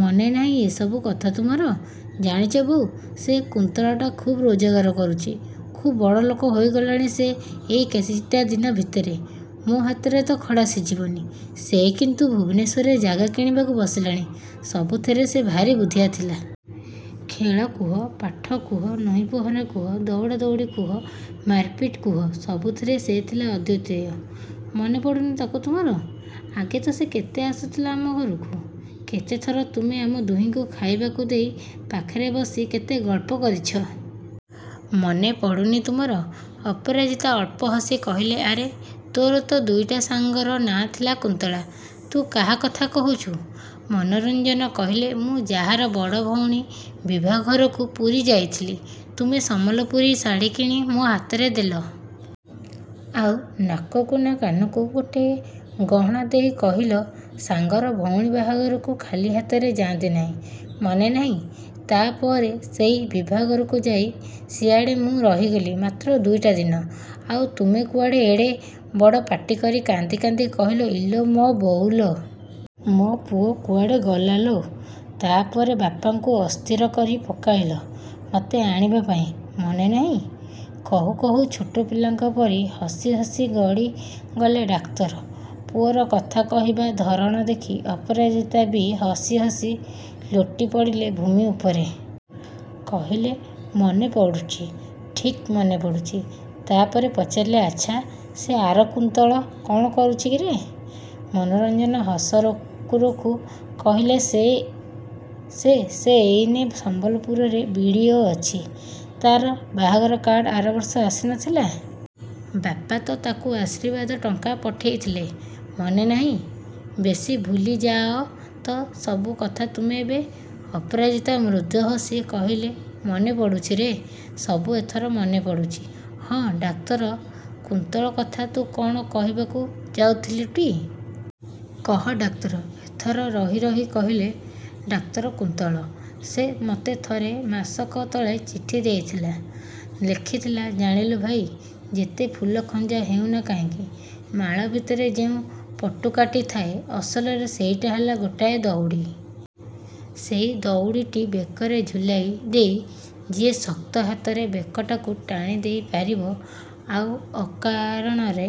ମନେ ନାହିଁ ଏ ସବୁ କଥା ତୁମର? ଜାଣିଛ ବୋଉ ସେଇ କୁନ୍ତଳାଟା ଖୁବ୍ ରୋଜଗାର କରୁଛି। ଖୁବ୍ ବଡ଼ଲୋକ ହୋଇଗଲାଣି ସେ ଏଇ କେଇଟା ଦିନ ଭିତରେ। ମୋ ହାତରେ ତ ଖଡ଼ା ସିଝିବନି। ସେ କିନ୍ତୁ ଭୁବନେଶ୍ୱରରେ ଜାଗା କିଣିବାକୁ ବସିଲାଣି। ସବୁଥିରେ ସେ ଭାରି ବୁଦ୍ଧିଆ ଥିଲା। ଖେଳ କୁହ, ପାଠ କୁହ, ନଈ ପହଁରା କୁହ, ଦଉଡ଼ାଦଉଡ଼ି କୁହ, ମାରପିଟ୍ କୁହ ସବୁଥିରେ ସେ ଥିଲା ଅଦ୍ୱିତୀୟ। ମନେ ପଡ଼ୁନି ତାକୁ ତୁମର। ଆଗେ ତ ସେ କେତେ ଆସୁଥିଲା ଆମ ଘରକୁ। କେତେଥର ତୁମେ ଆମ ଦୁହିଁଙ୍କୁ ଖାଇବାକୁ ଦେଇ ପାଖରେ ବସି କେତେ ଗଳ୍ପ କରିଛ। ମନେ ପଡ଼ୁନି ତୁମର? ଅପରାଜିତା ଅଳ୍ପ ହସି କହିଲେ ଆରେ, ତୋର ତ ଦୁଇଟା ସାଙ୍ଗର ନାଁ ଥିଲା କୁନ୍ତଳା। ତୁ କାହା କଥା କହୁଛୁ? ମନୋରଞ୍ଜନ କହିଲେ ମୁଁ ଯାହାର ବଡ଼ ଭଉଣୀ ବିଭାଘରକୁ ପୁରୀ ଯାଇଥିଲି। ତୁମେ ସମ୍ବଲପୁରୀ ଶାଢ଼ି କିଣି ମୋ ହାତରେ ଦେଲ। ଆଉ ନାକକୁ, ନା, କାନକୁ ଗୋଟିଏ ଗହଣା ଦେଇ କହିଲ ସାଙ୍ଗର ଭଉଣୀ ବାହାଘରକୁ ଖାଲି ହାତରେ ଯାଆନ୍ତି ନାହିଁ। ମନେ ନାହିଁ? ତା' ପରେ ସେଇ ବିଭାଘରକୁ ଯାଇ ସିଆଡ଼େ ମୁଁ ରହିଗଲି ମାତ୍ର ଦୁଇଟା ଦିନ। ଆଉ, ତୁମେ କୁଆଡ଼େ ଏଡ଼େ ବଡ଼ ପାଟି କରି କାନ୍ଦି କାନ୍ଦି କହିଲ ଇଲୋ ମୋ ବୋଉଲୋ। ମୋ ପୁଅ କୁଆଡ଼େ ଗଲାଲୋ। ତା' ପରେ ବାପାଙ୍କୁ ଅସ୍ଥିର କରି ପକାଇଲ ମତେ ଆଣିବା ପାଇଁ, ମନେ ନାହିଁ? କହୁ କହୁ ଛୋଟ ପିଲାଙ୍କ ପରି ହସି ହସି ଗଡ଼ି ଗଲେ ଡାକ୍ତର। ପୁଅର କଥା କହିବା ଧରଣ ଦେଖି ଅପରାଜିତା ବି ହସି ହସି ଲୋଟି ପଡ଼ିଲେ ଭୂଇଁ ଉପରେ। କହିଲେ ମନେ ପଡ଼ୁଛି। ଠିକ୍ ମନେ ପଡ଼ୁଛି। ତା' ପରେ ପଚାରିଲେ ଆଚ୍ଛା, ସେ ଆର କୁନ୍ତଳ କ'ଣ କରୁଛିରେ? ମନୋରଞ୍ଜନ ହସ ରୋକୁ ରୋକୁ କହିଲେ ସେ, ସେ ଏଇନେ ସମ୍ବଲପୁରରେ ବି. ଡି. ଓ. ଅଛି। ତା'ର ବାହାଘର କାର୍ଡ଼ ଆରବର୍ଷ ଆସି ନଥିଲା? ବାପା ତ ତାକୁ ଆଶୀର୍ବାଦ ଟଙ୍କା ପଠେଇଥିଲେ। ମନେ ନାହିଁ? ବେଶୀ ଭୁଲି ଯାଅ ତ ସବୁ କଥା ତୁମେ ଏବେ । ଅପରାଜିତା ମୃଦୁ ହସି କହିଲେ ମନେ ପଡ଼ୁଛିରେ, ସବୁ ଏଥର ମନେ ପଡ଼ୁଛି। ହଁ, ଡାକ୍ତର କୁନ୍ତଳ କଥା ତୁ କ'ଣ କହିବାକୁ ଯାଉଥିଲୁଟି? କହ। ଡାକ୍ତର ଏଥର ରହି ରହି କହିଲେ ଡାକ୍ତର କୁନ୍ତଳ! ସେ ମତେ ଥରେ ମାସକ ତଳେ ଚିଠି ଦେଇଥିଲା ଲେଖିଥିଲା ଜାଣିଲୁ ଭାଇ ଯେତେ ଫୁଲ ଖଞ୍ଜା ହେଉନା କାହିଁକି ମାଳ ଭିତରେ ଯେଉଁ ପଟୁକାଟି ଥାଏ ଅସଲରେ ସେଇଟା ହେଲା ଗୋଟାଏ ଦଉଡ଼ି। ସେଇ ଦଉଡ଼ିଟି ବେକରେ ଝୁଲାଇ ଦେଇ ଯିଏ ଶକ୍ତ ହାତରେ ବେକଟାକୁ ଟାଣି ଦେଇ ପାରିବ, ଆଉ ଅକାରଣରେ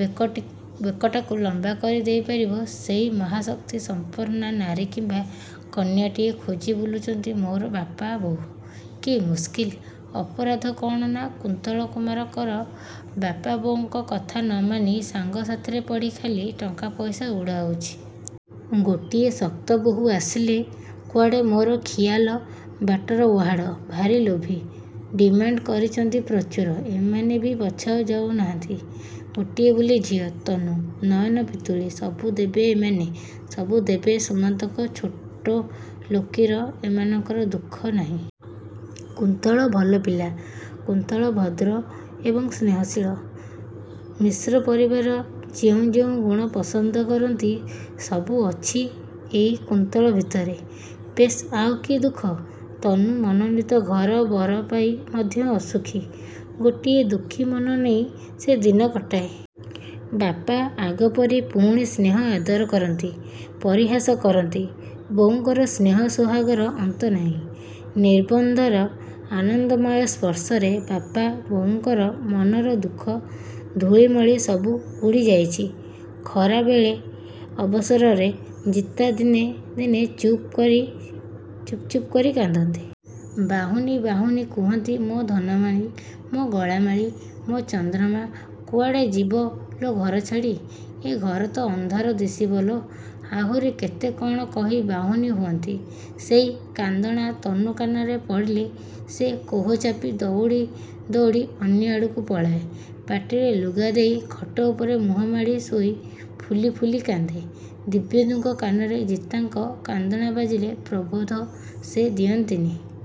ବେକଟାକୁ ଲମ୍ବା କରି ଦେଇ ପାରିବ, ସେଇ ମହାଶକ୍ତି ସମ୍ପନ୍ନା ନାରୀ କିମ୍ବା କନ୍ୟାଟିଏ ଖୋଜି ବୁଲିଛନ୍ତି ମୋର ବାପା, ବୋଉ। କି ମୁସ୍କିଲ! ଅପରାଧ କ'ଣ ନା କୁନ୍ତଳ କୁମାର କର ବାପା ବୋଉଙ୍କ କଥା ନ ମାନି ସାଙ୍ଗ ସାଥିରେ ପଡ଼ି ଖାଲି ଟଙ୍କା ପଇସା ଉଡ଼ାଉଛି। ଗୋଟିଏ ଶକ୍ତ ବୋହୂ ଆସିଲେ କୁଆଡ଼େ ମୋର ଖିଆଲ ବାଟରେ ଉହାଡ଼। ଭାରି ଲୋଭୀ। ଡିମାଣ୍ଡ କରିଛନ୍ତି ପ୍ରଚୁର। ଏମାନେ ବି ପଛାଉ ଯାଉ ନାହାନ୍ତି। ଗୋଟିଏ ବୋଲି ଝିଅ ତନୁ। ନୟନ ପିତୁଳି। ସବୁ ଦେବେ ଏମାନେ, ସବୁ ଦେବେ। ସୁମନ୍ତଙ୍କ ଛୋଟଲୋକିରେ ଏମାନଙ୍କର ଦୁଃଖ ନାହିଁ। କୁନ୍ତଳ ଭଲ ପିଲା। କୁନ୍ତଳ ଭଦ୍ର ଏବଂ ସ୍ନେହଶୀଳ। ମିଶ୍ର ପରିବାର ଯେଉଁ ଯେଉଁ ଗୁଣ ପସନ୍ଦ କରନ୍ତି, ସବୁ ଅଛି ଏଇ କୁନ୍ତଳ ଭିତରେ। ବେଶ୍, ଆଉ କି ଦୁଃଖ। ତନୁ ମନୋନୀତ ଘର ବର ପାଇ ମଧ୍ୟ ଅସୁଖୀ। ଗୋଟିଏ ଦୁଃଖୀ ମନ ନେଇ ସେ ଦିନ କଟାଏ। ବାପା, ଆଗପରି ପୁଣି ସ୍ନେହ ଆଦର କରନ୍ତି, ପରିହାସ କରନ୍ତି। ବୋଉଙ୍କର ସ୍ନେହ ସୋହାଗର ଅନ୍ତ ନାହିଁ। ନିର୍ବନ୍ଧର ଆନନ୍ଦମୟ ସ୍ପର୍ଶରେ ବାପା, ବୋଉଙ୍କର ମନର ଦୁଃଖ ଧୂଳିମଳି ସବୁ ଉଡ଼ି ଯାଇଛି। ଖରାବେଳ ଅବସରରେ ଜିତା ଦିନେ, ଦିନେ ଚୁପ୍ କରି ଚୁପ୍ ଚୁପ୍ କରି କାନ୍ଦନ୍ତି। ବାହୁନି ବାହୁନି କୁହନ୍ତି ମୋ ଧନମାଳି, ମୋ ଗଳାମାଳି, ମୋ ଚନ୍ଦ୍ରମା କୁଆଡ଼େ ଯିବ ଲୋ ଘର ଛାଡ଼ି। ଏ ଘର ତ ଅନ୍ଧାର ଦିଶିବ ଲୋ! ଆହୁରି କେତେ କ'ଣ କହି ବାହୁନି ହୁଅନ୍ତି। ସେଇ କାନ୍ଦଣା ତନୁ କାନରେ ପଡ଼ିଲେ ସେ କୋହ ଚାପି ଦଉଡ଼ି ଦଉଡ଼ି ଅନ୍ୟ ଆଡ଼କୁ ପଳାଏ, ପାଟିରେ ଲୁଗା ଦେଇ ଖଟ ଉପରେ ମୁହଁ ମାଡ଼ି ଶୋଇ ଫୁଲି ଫୁଲି କାନ୍ଦେ। ଦିବ୍ୟେନ୍ଦୁଙ୍କ କାନରେ ଜିତାଙ୍କ କାନ୍ଦଣା ବାଜିଲେ ପ୍ରବୋଧ ସେ ଦିଅନ୍ତିନି।